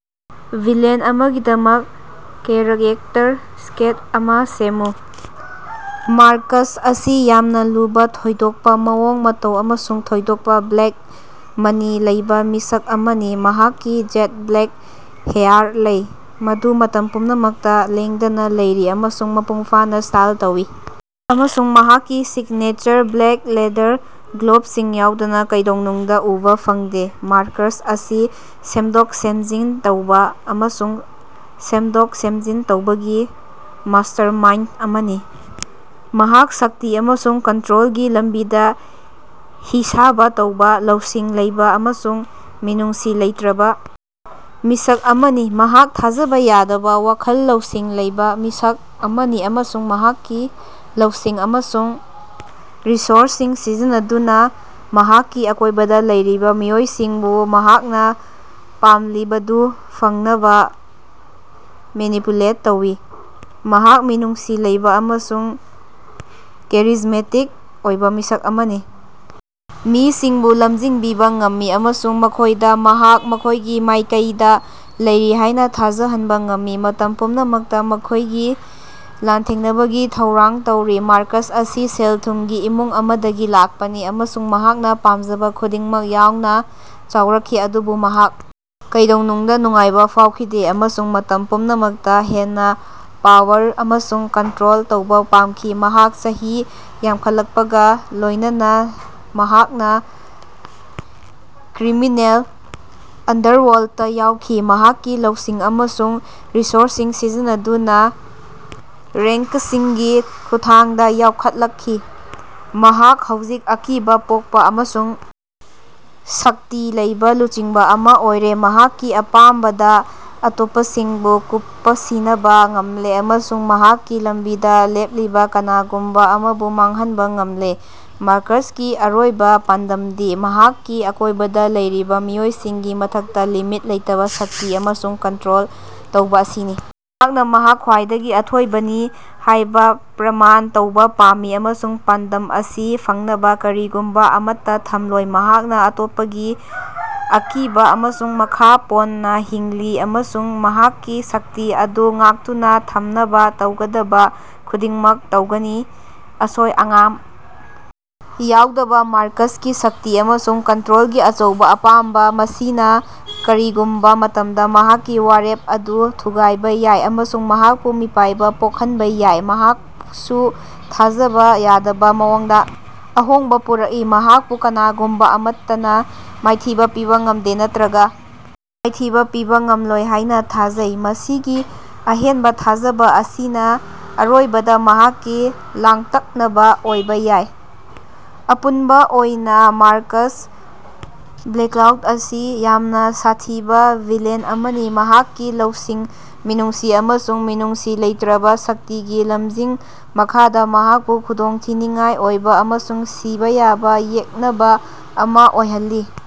Villain ꯑꯃꯥꯒꯤꯗꯃꯛ character sketch ꯑꯃꯥ ꯁꯦꯝꯃꯨ꯫ꯃꯥꯔꯀꯁ ꯑꯁꯤ ꯌꯥꯝꯅꯥ ꯂꯨꯕꯥ, ꯊꯣꯏꯗꯣꯛꯄꯥ ꯃꯑꯣꯡ ꯃꯇꯧ ꯑꯃꯁꯨꯡ ꯊꯣꯏꯗꯣꯛꯄꯥ ꯕ꯭ꯂꯦꯛ ꯃꯅꯤ ꯂꯩꯕꯥ ꯃꯤꯁꯛ ꯑꯃꯅꯤ꯫ ꯃꯍꯥꯛꯀꯤ ꯖꯦꯠ-ꯕ꯭ꯂꯦꯛ ꯍꯦꯌꯥꯔ ꯂꯩ, ꯃꯗꯨ ꯃꯇꯝ ꯄꯨꯝꯅꯃꯛꯇꯥ ꯂꯦꯡꯗꯅꯥ ꯂꯩꯔꯤ ꯑꯃꯁꯨꯡ ꯃꯄꯨꯡ ꯐꯥꯅꯥ ꯁ꯭ꯇꯥꯏꯜ ꯇꯧꯏ ꯑꯃꯁꯨꯡ ꯃꯍꯥꯛꯀꯤ ꯁꯤꯛꯅꯦꯆꯔ ꯕ꯭ꯂꯦꯛ ꯂꯦꯗꯔ ꯒ꯭ꯂꯣꯕꯁꯤꯡ ꯌꯥꯎꯗꯅꯥ ꯀꯩꯗꯧꯅꯨꯡꯗꯥ ꯎꯕꯥ ꯐꯪꯗꯦ꯫ ꯃꯥꯔꯀꯁ ꯑꯁꯤ ꯁꯦꯝꯗꯣꯛ ꯁꯦꯝꯖꯤꯟ ꯇꯧꯕ ꯑꯃꯁꯨꯡ ꯁꯦꯝꯗꯣꯛ ꯁꯦꯝꯖꯤꯟ ꯇꯧꯕꯒꯤ ꯃꯥꯁꯇꯔꯃꯥꯏꯟꯗ ꯑꯃꯅꯤ꯫ ꯃꯍꯥꯛ ꯁꯛꯇꯤ ꯑꯃꯁꯨꯡ ꯀꯟꯇ꯭ꯔꯣꯜꯒꯤ ꯂꯝꯕꯤꯗꯥ ꯍꯤꯁꯥꯕ ꯇꯧꯕ, ꯂꯧꯁꯤꯡ ꯂꯩꯕ ꯑꯃꯁꯨꯡ ꯃꯤꯅꯨꯡꯁꯤ ꯂꯩꯇ꯭ꯔꯕ ꯃꯤꯁꯛ ꯑꯃꯅꯤ꯫ ꯃꯍꯥꯛ ꯊꯥꯖꯕ ꯌꯥꯗꯕ ꯋꯥꯈꯜ ꯂꯧꯁꯤꯡ ꯂꯩꯕ ꯃꯤꯁꯛ ꯑꯃꯅꯤ ꯑꯃꯁꯨꯡ ꯃꯍꯥꯛꯀꯤ ꯂꯧꯁꯤꯡ ꯑꯃꯁꯨꯡ ꯔꯤꯁꯣꯔꯁꯁꯤꯡ ꯁꯤꯖꯤꯟꯅꯗꯨꯅꯥ ꯃꯍꯥꯛꯀꯤ ꯑꯀꯣꯏꯕꯗꯥ ꯂꯩꯔꯤꯕ ꯃꯤꯑꯣꯏꯁꯤꯡꯕꯨ ꯃꯍꯥꯛꯅꯥ ꯄꯥꯝꯂꯤꯕꯗꯨ ꯐꯪꯅꯕꯥ ꯃꯦꯅꯤꯄꯨꯂꯦꯠ ꯇꯧꯏ꯫ ꯃꯍꯥꯛ ꯃꯤꯅꯨꯡꯁꯤ ꯂꯩꯕ ꯑꯃꯁꯨꯡ ꯀꯦꯔꯤꯖꯃꯦꯇꯤꯛ ꯑꯣꯏꯕ ꯃꯤꯁꯛ ꯑꯃꯅꯤ, ꯃꯤꯁꯤꯡꯕꯨ ꯂꯝꯖꯤꯡꯕꯤꯕ ꯉꯝꯃꯤ ꯑꯃꯁꯨꯡ ꯃꯈꯣꯏꯗꯥ ꯃꯍꯥꯛ ꯃꯈꯣꯏꯒꯤ ꯃꯥꯏꯀꯩꯗꯥ ꯂꯩꯔꯤ ꯍꯥꯏꯅꯥ ꯊꯥꯖꯍꯟꯕꯥ ꯉꯝꯃꯤ, ꯃꯇꯝ ꯄꯨꯝꯅꯃꯛꯇꯥ ꯃꯈꯣꯏꯒꯤ ꯂꯥꯟꯊꯦꯡꯅꯕꯒꯤ ꯊꯧꯔꯥꯡ ꯇꯧꯔꯤ꯫ ꯃꯥꯔꯀꯁ ꯑꯁꯤ ꯁꯦꯜ ꯊꯨꯝꯒꯤ ꯏꯃꯨꯡ ꯑꯃꯥꯗꯒꯤ ꯂꯥꯛꯄꯅꯤ ꯑꯃꯁꯨꯡ ꯃꯍꯥꯛꯅꯥ ꯄꯥꯝꯖꯕꯥ ꯈꯨꯗꯤꯡꯃꯛ ꯌꯥꯎꯅꯥ ꯆꯥꯎꯔꯛꯈꯤ꯫ ꯑꯗꯨꯕꯨ ꯃꯍꯥꯛ ꯀꯩꯗꯧꯅꯨꯡꯗꯥ ꯅꯨꯡꯉꯥꯏꯕꯥ ꯐꯥꯎꯈꯤꯗꯦ ꯑꯃꯁꯨꯡ ꯃꯇꯝ ꯄꯨꯝꯅꯃꯛꯇꯥ ꯍꯦꯟꯅꯥ ꯄꯥꯋꯔ ꯑꯃꯁꯨꯡ ꯀꯟꯇ꯭ꯔꯣꯜ ꯇꯧꯕ ꯄꯥꯝꯈꯤ꯫ ꯃꯍꯥꯛ ꯆꯍꯤ ꯌꯥꯝꯈꯠꯂꯛꯄꯒꯥ ꯂꯣꯏꯅꯅꯥ ꯃꯍꯥꯛꯅꯥ ꯀ꯭ꯔꯤꯃꯤꯅꯦꯜ ꯑꯟꯗꯔꯋꯔꯜꯗꯇꯥ ꯌꯥꯎꯈꯤ, ꯃꯍꯥꯛꯀꯤ ꯂꯧꯁꯤꯡ ꯑꯃꯁꯨꯡ ꯔꯤꯁꯣꯔꯁꯁꯤꯡ ꯁꯤꯖꯤꯟꯅꯗꯨꯅꯥ ꯔꯦꯉꯀꯁꯤꯡꯒꯤ ꯈꯨꯠꯊꯥꯡꯗꯥ ꯌꯥꯎꯈꯠꯂꯛꯈꯤ꯫ ꯃꯍꯥꯛ ꯍꯧꯖꯤꯛ ꯑꯀꯤꯕꯥ ꯄꯣꯛꯄꯥ ꯑꯃꯁꯨꯡ ꯁꯛꯇꯤ ꯂꯩꯕ ꯂꯨꯆꯤꯡꯕꯥ ꯑꯃꯥ ꯑꯣꯏꯔꯦ꯫ ꯃꯍꯥꯛꯀꯤ ꯑꯄꯥꯝꯕꯗꯥ ꯑꯇꯣꯞꯄꯁꯤꯡꯕꯨ ꯀꯨꯄꯁꯤꯅꯕꯥ ꯉꯝꯂꯦ ꯑꯃꯁꯨꯡ ꯃꯍꯥꯛꯀꯤ ꯂꯝꯕꯤꯗꯥ ꯂꯦꯞꯂꯤꯕꯥ ꯀꯅꯥꯒꯨꯝꯕꯥ ꯑꯃꯕꯨ ꯃꯥꯡꯍꯟꯕꯥ ꯉꯝꯂꯦ꯫ ꯃꯥꯔꯀꯁꯀꯤ ꯑꯔꯣꯏꯕꯥ ꯄꯥꯟꯗꯝꯗꯤ ꯃꯍꯥꯛꯀꯤ ꯑꯀꯣꯏꯕꯗꯥ ꯂꯩꯔꯤꯕꯥ ꯃꯤꯑꯣꯏꯁꯤꯡꯒꯤ ꯃꯊꯛꯇꯥ ꯂꯤꯃꯤꯠ ꯂꯩꯇꯕꯥ ꯁꯛꯇꯤ ꯑꯃꯁꯨꯡ ꯀꯟꯇ꯭ꯔꯣꯜ ꯇꯧꯕ ꯑꯁꯤꯅꯤ꯫ ꯃꯍꯥꯛꯅꯥ ꯃꯍꯥꯛ ꯈ꯭ꯋꯥꯏꯗꯒꯤ ꯑꯊꯣꯏꯕꯅꯤ ꯍꯥꯏꯕ ꯄ꯭ꯔꯃꯥꯟ ꯇꯧꯕ ꯄꯥꯝꯃꯤ ꯑꯃꯁꯨꯡ ꯄꯥꯟꯗꯝ ꯑꯁꯤ ꯐꯪꯅꯕꯥ ꯀꯔꯤꯒꯨꯝꯕꯥ ꯑꯃꯠꯇꯥ ꯊꯝꯂꯣꯏ꯫ ꯃꯍꯥꯛꯅꯥ ꯑꯇꯣꯞꯄꯒꯤ ꯑꯀꯤꯕꯥ ꯑꯃꯁꯨꯡ ꯃꯈꯥ ꯄꯣꯟꯅꯥ ꯍꯤꯡꯂꯤ ꯑꯃꯁꯨꯡ ꯃꯍꯥꯛꯀꯤ ꯁꯛꯇꯤ ꯑꯗꯨ ꯉꯥꯛꯇꯨꯅꯥ ꯊꯝꯅꯕꯥ ꯇꯧꯒꯗꯕꯥ ꯈꯨꯗꯤꯡꯃꯛ ꯇꯧꯒꯅꯤ꯫ ꯑꯁꯣꯏ ꯑꯉꯥꯝ ꯌꯥꯎꯗꯕꯥ ꯃꯥꯔꯀꯁꯀꯤ ꯁꯛꯇꯤ ꯑꯃꯁꯨꯡ ꯀꯟꯇ꯭ꯔꯣꯜꯒꯤ ꯑꯆꯧꯕꯥ ꯑꯄꯥꯝꯕꯥ ꯑꯁꯤꯅꯥ ꯀꯔꯤꯒꯨꯝꯕꯥ ꯃꯇꯝꯗꯥ ꯃꯍꯥꯛꯀꯤ ꯋꯥꯔꯦꯞ ꯑꯗꯨ ꯊꯨꯒꯥꯏꯕꯥ ꯌꯥꯏ ꯑꯃꯁꯨꯡ ꯃꯍꯥꯛꯄꯨ ꯃꯤꯄꯥꯏꯕꯥ ꯄꯣꯛꯍꯟꯕꯥ ꯌꯥꯏ꯫ ꯃꯍꯥꯛꯁꯨ ꯊꯥꯖꯕꯥ ꯌꯥꯗꯕꯥ ꯃꯑꯣꯡꯗꯥ ꯑꯍꯣꯡꯕꯥ ꯄꯨꯔꯛꯏ, ꯃꯍꯥꯛꯄꯨ ꯀꯅꯥꯒꯨꯝꯕꯥ ꯑꯃꯠꯇꯅꯥ ꯃꯥꯏꯊꯤꯕꯥ ꯄꯤꯕꯥ ꯉꯃꯗꯦ ꯅꯠꯇ꯭ꯔꯒꯥ ꯃꯥꯏꯊꯤꯕꯥ ꯄꯤꯕꯥ ꯉꯝꯂꯣꯏ ꯍꯥꯏꯅꯥ ꯊꯥꯖꯩ꯫ ꯃꯁꯤꯒꯤ ꯑꯍꯦꯟꯕꯥ ꯊꯥꯖꯕꯥ ꯑꯁꯤꯅꯥ ꯑꯔꯣꯏꯕꯗꯥ ꯃꯍꯥꯛꯀꯤ ꯂꯥꯡꯇꯛꯅꯕꯥ ꯑꯣꯏꯕꯥ ꯌꯥꯏ꯫ ꯑꯄꯨꯟꯕꯥ ꯑꯣꯏꯅꯥ ꯃꯥꯔꯀꯁ ꯕ꯭ꯂꯦꯀ꯭ꯂꯥꯎꯗ ꯑꯁꯤ ꯌꯥꯝꯅꯥ ꯁꯥꯊꯤꯕꯥ ꯚꯤꯂꯦꯟ ꯑꯃꯅꯤ꯫ ꯃꯍꯥꯛꯀꯤ ꯂꯧꯁꯤꯡ, ꯃꯤꯅꯨꯡꯁꯤ ꯑꯃꯁꯨꯡ ꯃꯤꯅꯨꯡꯁꯤ ꯂꯩꯇ꯭ꯔꯕꯥ ꯁꯛꯇꯤꯒꯤ ꯂꯝꯖꯤꯡ ꯃꯈꯥꯗꯥ ꯃꯍꯥꯛꯄꯨ ꯈꯨꯗꯣꯡꯊꯤꯅꯤꯡꯉꯥꯏ ꯑꯣꯏꯕ ꯑꯃꯁꯨꯡ ꯁꯤꯕꯥ ꯌꯥꯕ ꯌꯦꯛꯅꯕꯥ ꯑꯃꯥ ꯑꯣꯏꯍꯜꯂꯤ꯫